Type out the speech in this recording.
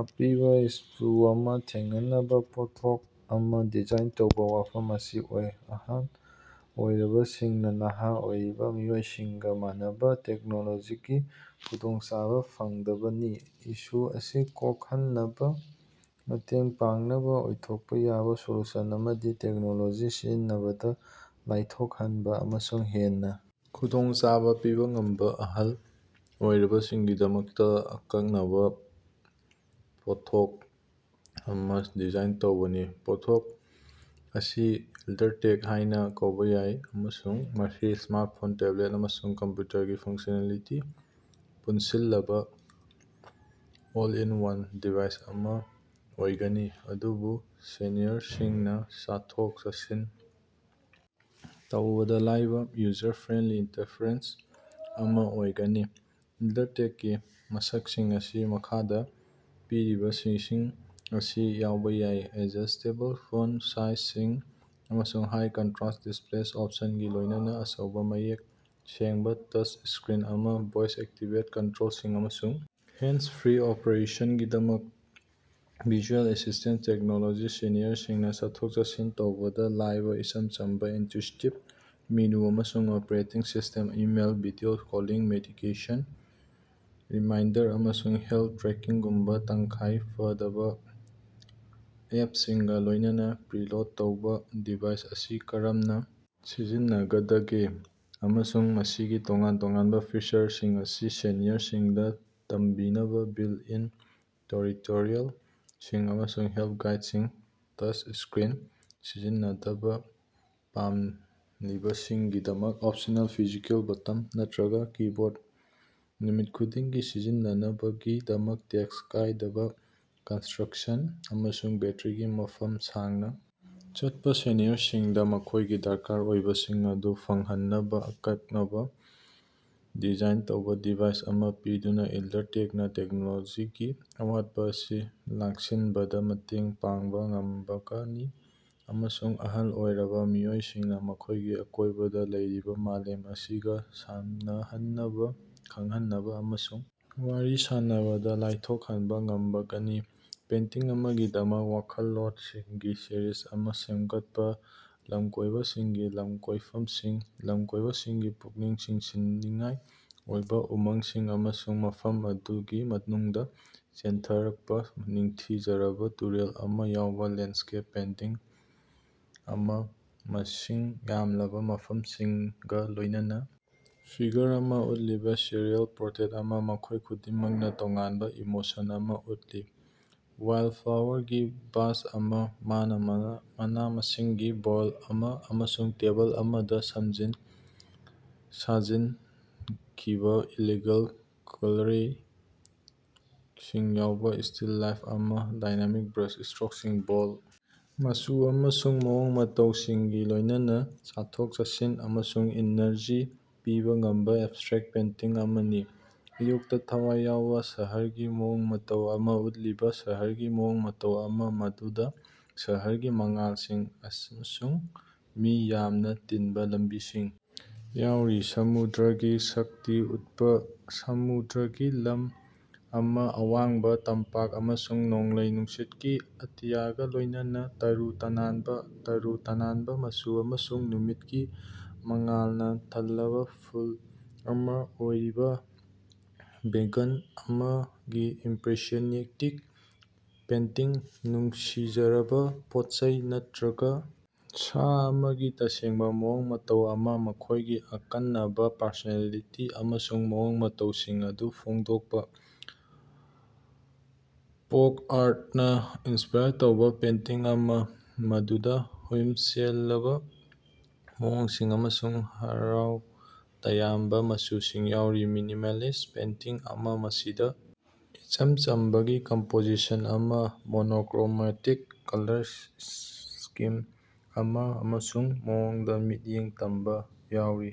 ꯑꯄꯤꯕ ꯏꯁꯨ ꯑꯃ ꯊꯦꯡꯅꯅꯕ ꯄꯣꯠꯊꯣꯛ ꯑꯃ ꯗꯤꯖꯥꯏꯟ ꯇꯧꯕ꯫ ꯋꯥꯐꯝ ꯑꯁꯤ ꯑꯍꯜ ꯑꯣꯏꯔꯕꯁꯤꯡꯅ ꯅꯍꯥ ꯑꯣꯏꯔꯤꯕ ꯃꯤꯑꯣꯏꯁꯤꯡꯒꯥ ꯃꯥꯟꯅꯕ ꯇꯦꯛꯅꯣꯂꯣꯖꯤꯒꯤ ꯈꯨꯗꯣꯡꯆꯥꯕ ꯐꯪꯗꯕꯅꯤ꯫ ꯏꯁꯨ ꯑꯁꯤ ꯀꯣꯛꯍꯟꯕꯗ ꯃꯇꯦꯡ ꯄꯥꯡꯅꯕ ꯑꯣꯏꯊꯣꯛꯄ ꯌꯥꯕ ꯁꯣꯂꯨꯁꯟ ꯑꯃꯗꯤ ꯇꯦꯛꯅꯣꯂꯣꯖꯤ ꯁꯤꯖꯤꯟꯅꯕꯗ ꯂꯥꯏꯊꯣꯛꯍꯟꯕ ꯑꯃꯁꯨꯡ ꯍꯦꯟꯅ ꯈꯨꯗꯣꯡꯆꯥꯕ ꯄꯤꯕ ꯉꯝꯕ ꯑꯍꯜ ꯑꯣꯏꯔꯕꯁꯤꯡꯒꯤꯗꯃꯛꯇ ꯑꯈꯟꯅꯅ ꯄꯣꯠꯊꯣꯛ ꯑꯃ ꯗꯤꯖꯥꯏꯟ ꯇꯧꯕꯅꯤ꯫ ꯄꯣꯠꯊꯣꯛ ꯑꯁꯤ ꯑꯦꯜꯗꯔꯇꯦꯛ ꯍꯥꯏꯅ ꯀꯧꯕ ꯌꯥꯏ ꯑꯃꯁꯨꯡ ꯃꯁꯤ ꯁ꯭ꯃꯥꯔꯠꯐꯣꯟ, ꯇꯦꯕꯜ, ꯑꯃꯁꯨꯡ ꯀꯝꯄ꯭ꯌꯨꯇꯔꯒꯤ ꯐꯪꯁꯅꯦꯂꯤꯇꯤ ꯄꯨꯟꯁꯤꯜꯂꯕ ꯑꯣꯜ ꯏꯟ ꯋꯥꯟ ꯗꯤꯚꯥꯏꯁ ꯑꯃꯥ ꯑꯣꯏꯒꯅꯤ, ꯑꯗꯨꯕꯨ ꯁꯦꯅꯤꯌꯔꯁꯤꯡꯅ ꯆꯠꯊꯣꯛ-ꯆꯠꯁꯤꯟ ꯇꯧꯕꯗ ꯂꯥꯏꯕ ꯌꯨꯖꯔ ꯐ꯭ꯔꯦꯟꯂꯤ ꯏꯟꯇꯔꯐꯦꯁ ꯑꯃꯥ ꯑꯣꯏꯒꯅꯤ꯫ ꯑꯦꯜꯗꯔꯇꯦꯛꯀꯤ ꯃꯁꯛꯁꯤꯡ ꯑꯁꯤ ꯃꯈꯥꯗ ꯄꯤꯔꯤꯕꯁꯤꯡ ꯑꯁꯤ ꯌꯥꯎꯕ ꯌꯥꯏ: ꯑꯦꯗꯖꯁ꯭ꯇꯦꯕꯜ ꯐꯣꯟ ꯁꯥꯏꯖꯁꯤꯡ ꯑꯃꯁꯨꯡ ꯍꯥꯏ ꯀꯟꯇꯔꯁ꯭ꯠ ꯗꯤꯁꯄꯂꯦ ꯑꯣꯞꯁꯟꯁꯤꯡꯒ ꯂꯣꯏꯅꯅ ꯑꯆꯧꯕ, ꯃꯌꯦꯛ ꯁꯦꯡꯕ ꯇꯆ ꯁ꯭ꯀꯔꯤꯟ ꯑꯃ꯫ ꯚꯣꯏꯁ-ꯑꯦꯛꯇꯤꯕ ꯀꯟꯇꯔꯣꯜꯁꯤꯡ ꯑꯃꯁꯨꯡ ꯍꯦꯟꯗꯁ-ꯐ꯭ꯔꯤ ꯑꯣꯄꯔꯦꯁꯟꯒꯤꯗꯃꯛ ꯚꯔꯆꯨꯑꯦꯜ ꯑꯦꯁꯤꯁ꯭ꯇꯦꯟ ꯇꯦꯛꯅꯣꯂꯣꯖꯤ꯫ ꯁꯦꯅꯤꯌꯔꯁꯤꯡꯅ ꯆꯠꯊꯣꯛ-ꯆꯠꯁꯤꯟ ꯇꯧꯕꯗ ꯂꯥꯏꯕ ꯏꯆꯝ ꯆꯝꯕ, ꯏꯟꯇ꯭ꯌꯨꯇꯤꯕ ꯃꯦꯅꯨ ꯑꯃꯁꯨꯡ operating system. Email, video calling, medication reminder ꯑꯃꯁꯨꯡ ꯍꯦꯜꯠ ꯇ꯭ꯔꯦꯀꯤꯡꯒꯨꯝꯕ ꯇꯉꯥꯏ ꯐꯗꯕ ꯑꯦꯞꯁꯤꯡꯒ ꯂꯣꯏꯅꯅ ꯄ꯭ꯔꯤꯂꯣꯗ ꯇꯧꯕ꯫ ꯗꯤꯚꯥꯏꯁ ꯑꯁꯤ ꯀꯔꯝꯅ ꯁꯤꯖꯤꯟꯅꯒꯗꯒꯦ ꯑꯃꯁꯨꯡ ꯃꯁꯤꯒꯤ ꯇꯣꯉꯥꯟ ꯇꯣꯉꯥꯟꯕ ꯐꯤꯆꯔꯁꯤꯡ ꯑꯁꯤ ꯁꯦꯅꯤꯌꯔꯁꯤꯡꯗ ꯇꯝꯕꯤꯅꯕ ꯕꯤꯜꯠ-ꯏꯟ ꯇꯤꯎꯇꯣꯔꯤꯌꯥꯜꯁꯤꯡ ꯑꯃꯁꯨꯡ ꯍꯦꯜꯞ ꯒꯥꯏꯗꯁꯤꯡ꯫ ꯇꯆ ꯁ꯭ꯀꯔꯤꯟ ꯁꯤꯖꯤꯟꯅꯗꯕ ꯄꯥꯝꯂꯤꯕꯁꯤꯡꯒꯤꯗꯃꯛꯇ ꯑꯣꯞꯁꯅꯦꯜ ꯐꯤꯖꯤꯀꯦꯜ ꯕꯇꯟ ꯅꯠꯇꯔꯒ ꯀꯤꯕꯣꯔꯠ꯫ ꯅꯨꯃꯤꯠ ꯈꯨꯗꯤꯡꯒꯤ ꯁꯤꯖꯤꯟꯅꯅꯕꯒꯤꯗꯃꯛ ꯇꯦꯛꯇ ꯀꯥꯏꯗꯕ ꯀꯟꯁꯇ꯭ꯔꯛꯁꯟ ꯑꯃꯁꯨꯡ ꯕꯦꯠꯇꯔꯤꯒꯤ ꯃꯇꯝ ꯁꯥꯡꯅ ꯆꯠꯄ꯫ ꯁꯦꯅꯤꯌꯔꯁꯤꯡꯗ ꯃꯈꯣꯏꯒꯤ ꯗꯔꯀꯥꯔ ꯑꯣꯏꯕꯁꯤꯡ ꯑꯗꯨ ꯐꯪꯍꯟꯅꯕ ꯑꯀꯛꯅꯅ ꯗꯤꯖꯥꯏꯟ ꯇꯧꯕ ꯗꯤꯚꯥꯏꯁ ꯑꯃꯥ ꯄꯤꯗꯨꯅ, ꯑꯦꯜꯗꯔꯇꯦꯛꯅ ꯇꯦꯛꯅꯣꯂꯣꯖꯤꯒꯤ ꯑꯋꯥꯠꯄ ꯑꯁꯤ ꯂꯥꯛꯁꯤꯟꯕꯗ ꯃꯇꯦꯡ ꯄꯥꯡꯕ ꯉꯝꯒꯅꯤ ꯑꯃꯁꯨꯡ ꯑꯍꯜ ꯑꯣꯏꯔꯕ ꯃꯤꯑꯣꯏꯁꯤꯡꯅ ꯃꯈꯣꯏꯒꯤ ꯑꯀꯣꯏꯕꯗ ꯂꯩꯔꯤꯕ ꯃꯥꯂꯦꯝ ꯑꯁꯤꯒ ꯁꯝꯅꯍꯟꯕ, ꯈꯪꯍꯟꯕ ꯑꯃꯁꯨꯡ ꯋꯥꯔꯤ ꯁꯥꯅꯕꯗ ꯂꯥꯏꯊꯣꯛꯍꯟꯕ ꯉꯝꯒꯅꯤ꯫ ꯄꯦꯟꯇꯤꯡ ꯑꯃꯒꯤꯗꯃꯛ ꯋꯥꯈꯜꯂꯣꯟꯁꯤꯡꯒꯤ ꯁꯤꯔꯤꯖ ꯑꯃꯥ ꯁꯦꯝꯒꯠꯄꯥ꯫ ꯂꯝꯀꯣꯏꯕꯁꯤꯡꯒꯤ ꯂꯝꯀꯣꯏꯐꯝꯁꯤꯡ, ꯂꯝꯀꯣꯏꯕꯁꯤꯡꯒꯤ ꯄꯨꯛꯅꯤꯡ ꯆꯤꯡꯁꯤꯟꯅꯤꯡꯉꯥꯏ ꯑꯣꯏꯕ ꯎꯃꯪꯁꯤꯡ ꯑꯃꯁꯨꯡ ꯃꯐꯝ ꯑꯗꯨꯒꯤ ꯃꯅꯨꯡꯗ ꯆꯦꯟꯊꯔꯛꯄ ꯅꯤꯡꯊꯤꯖꯔꯕ ꯇꯨꯔꯦꯜ ꯑꯃꯥ ꯌꯥꯎꯕ ꯂꯦꯟꯠꯁ꯭ꯀꯦꯞ ꯄꯦꯟꯇꯤꯡ ꯑꯃꯥ꯫ ꯃꯁꯤꯡ ꯌꯥꯝꯂꯕ ꯃꯐꯝꯁꯤꯡꯒ ꯂꯣꯏꯅꯅ ꯐꯤꯒꯔ ꯑꯃꯥ ꯎꯠꯂꯤꯕ ꯁꯔꯤꯌꯥꯜ ꯄꯣꯇ꯭ꯔꯦꯠ ꯑꯃ, ꯃꯈꯣꯏ ꯈꯨꯗꯤꯡꯃꯛꯅ ꯇꯣꯉꯥꯟꯕ ꯏꯃꯣꯁꯟ ꯑꯃ ꯎꯠꯂꯤ꯫ ꯋꯥꯏꯜꯐ꯭ꯂꯥꯋꯥꯔꯒꯤ ꯚꯦꯖ ꯑꯃꯥ, ꯃꯅꯥ-ꯃꯁꯤꯡꯒꯤ ꯕꯣꯜ ꯑꯃ, ꯑꯃꯁꯨꯡ ꯇꯦꯕꯜ ꯑꯃꯗ ꯁꯦꯝꯖꯤꯟ ꯁꯥꯖꯤꯟꯈꯤꯕ ꯏꯂꯤꯒꯦꯟ ꯀꯇꯂꯔꯤꯁꯤꯡ ꯌꯥꯎꯕꯥ ꯁ꯭ꯇꯤꯜ ꯂꯥꯏꯐ ꯑꯃꯥ꯫ ꯗꯥꯏꯅꯥꯃꯤꯛ ꯕ꯭ꯔꯥꯁ ꯁ꯭ꯇꯔꯣꯛꯁꯤꯡ, ꯕꯣꯜꯗ ꯃꯆꯨ ꯑꯃꯁꯨꯡ ꯃꯑꯣꯡ ꯃꯇꯧꯁꯤꯡꯒ ꯂꯣꯏꯅꯅ ꯆꯠꯊꯣꯛ-ꯆꯠꯁꯤꯟ ꯑꯃꯁꯨꯡ ꯏꯅꯔꯖꯤ ꯄꯤꯕ ꯉꯝꯕ ꯑꯦꯕꯁ꯭ꯇꯔꯦꯛꯇ ꯄꯦꯟꯇꯤꯡ ꯑꯃꯅꯤ꯫ ꯑꯌꯨꯛꯇ ꯊꯋꯥꯏ ꯌꯥꯎꯕ ꯁꯍꯔꯒꯤ ꯃꯑꯣꯡ ꯃꯇꯧ ꯑꯃꯥ ꯎꯠꯂꯤꯕ ꯁꯍꯔꯒꯤ ꯃꯑꯣꯡ ꯃꯇꯧ ꯑꯃꯥ, ꯃꯗꯨꯗ ꯁꯍꯔꯒꯤ ꯃꯉꯥꯜꯁꯤꯡ ꯑꯃꯁꯨꯡ ꯃꯤ ꯌꯥꯝꯅ ꯇꯤꯟꯕ ꯂꯝꯕꯤꯁꯤꯡ ꯌꯥꯎꯔꯤ꯫ ꯁꯃꯨꯗ꯭ꯔꯒꯤ ꯁꯛꯇꯤ ꯎꯠꯄ ꯁꯃꯨꯗ꯭ꯔꯒꯤ ꯂꯝ ꯑꯃꯥ, ꯑꯋꯥꯡꯕ ꯇꯝꯄꯥꯛ ꯑꯃꯁꯨꯡ ꯅꯣꯡꯂꯩ ꯅꯨꯡꯁꯤꯠꯀꯤ ꯑꯇꯤꯌꯥꯒ ꯂꯣꯏꯅꯅꯥ꯫ ꯇꯔꯨ ꯇꯅꯥꯟꯕ, ꯇꯔꯨ ꯇꯅꯥꯟꯕ ꯃꯆꯨ ꯑꯃꯁꯨꯡ ꯅꯨꯃꯤꯠꯀꯤ ꯃꯉꯥꯜꯅ ꯊꯜꯂꯕ ꯐꯨꯜ ꯑꯃꯥ ꯑꯣꯏꯔꯤꯕꯥ ꯕꯥꯒꯥꯟ ꯑꯃꯒꯤ ꯏꯝꯄꯔꯦꯁꯅꯤꯁ꯭ꯇꯤꯛ ꯄꯦꯟꯇꯤꯡ꯫ ꯅꯨꯡꯁꯤꯖꯔꯕ ꯄꯣꯠꯆꯩ ꯅꯠꯇꯔꯒ ꯁꯥ ꯑꯃꯒꯤ ꯇꯁꯦꯡꯕ ꯃꯑꯣꯡ ꯃꯇꯧ ꯑꯃꯥ, ꯃꯈ‌ꯣꯏꯒꯤ ꯑꯈꯟꯅꯕ ꯄꯔꯁꯣꯅꯦꯂꯤꯇꯤ ꯑꯃꯁꯨꯡ ꯃꯑꯣꯡ ꯃꯇꯧꯁꯤꯡ ꯑꯗꯨ ꯐꯣꯡꯗꯣꯛꯄ꯫ ꯐꯣꯛ ꯑꯥꯔꯠꯅ ꯏꯟꯁꯄꯥꯏꯔ ꯇꯧꯕ ꯄꯦꯟꯇꯤꯡ ꯑꯃꯥ, ꯃꯗꯨꯗ ꯍꯨꯏꯝ ꯆꯦꯜꯂꯕ ꯃꯑꯣꯡꯁꯤꯡ ꯑꯃꯁꯨꯡ ꯍꯔꯥꯎ ꯇꯌꯥꯝꯕ ꯃꯆꯨꯁꯤꯡ ꯌꯥꯎꯔꯤ꯫ ꯃꯤꯅꯤꯃꯥꯂꯤꯁ꯭ꯠ ꯄꯦꯟꯇꯤꯡ ꯑꯃ, ꯃꯁꯤꯗ ꯏꯆꯝ ꯆꯝꯕ ꯀꯝꯄꯣꯖꯤꯁꯟ ꯑꯃ, ꯃꯣꯅꯣꯀꯔꯣꯃꯦꯇꯤꯛ ꯀꯂꯔ ꯁ꯭ꯀꯤꯝ ꯑꯃ, ꯑꯃꯁꯨꯡ ꯃꯑꯣꯡꯗ ꯃꯤꯠꯌꯦꯡ ꯊꯝꯕ ꯌꯥꯎꯔꯤ꯫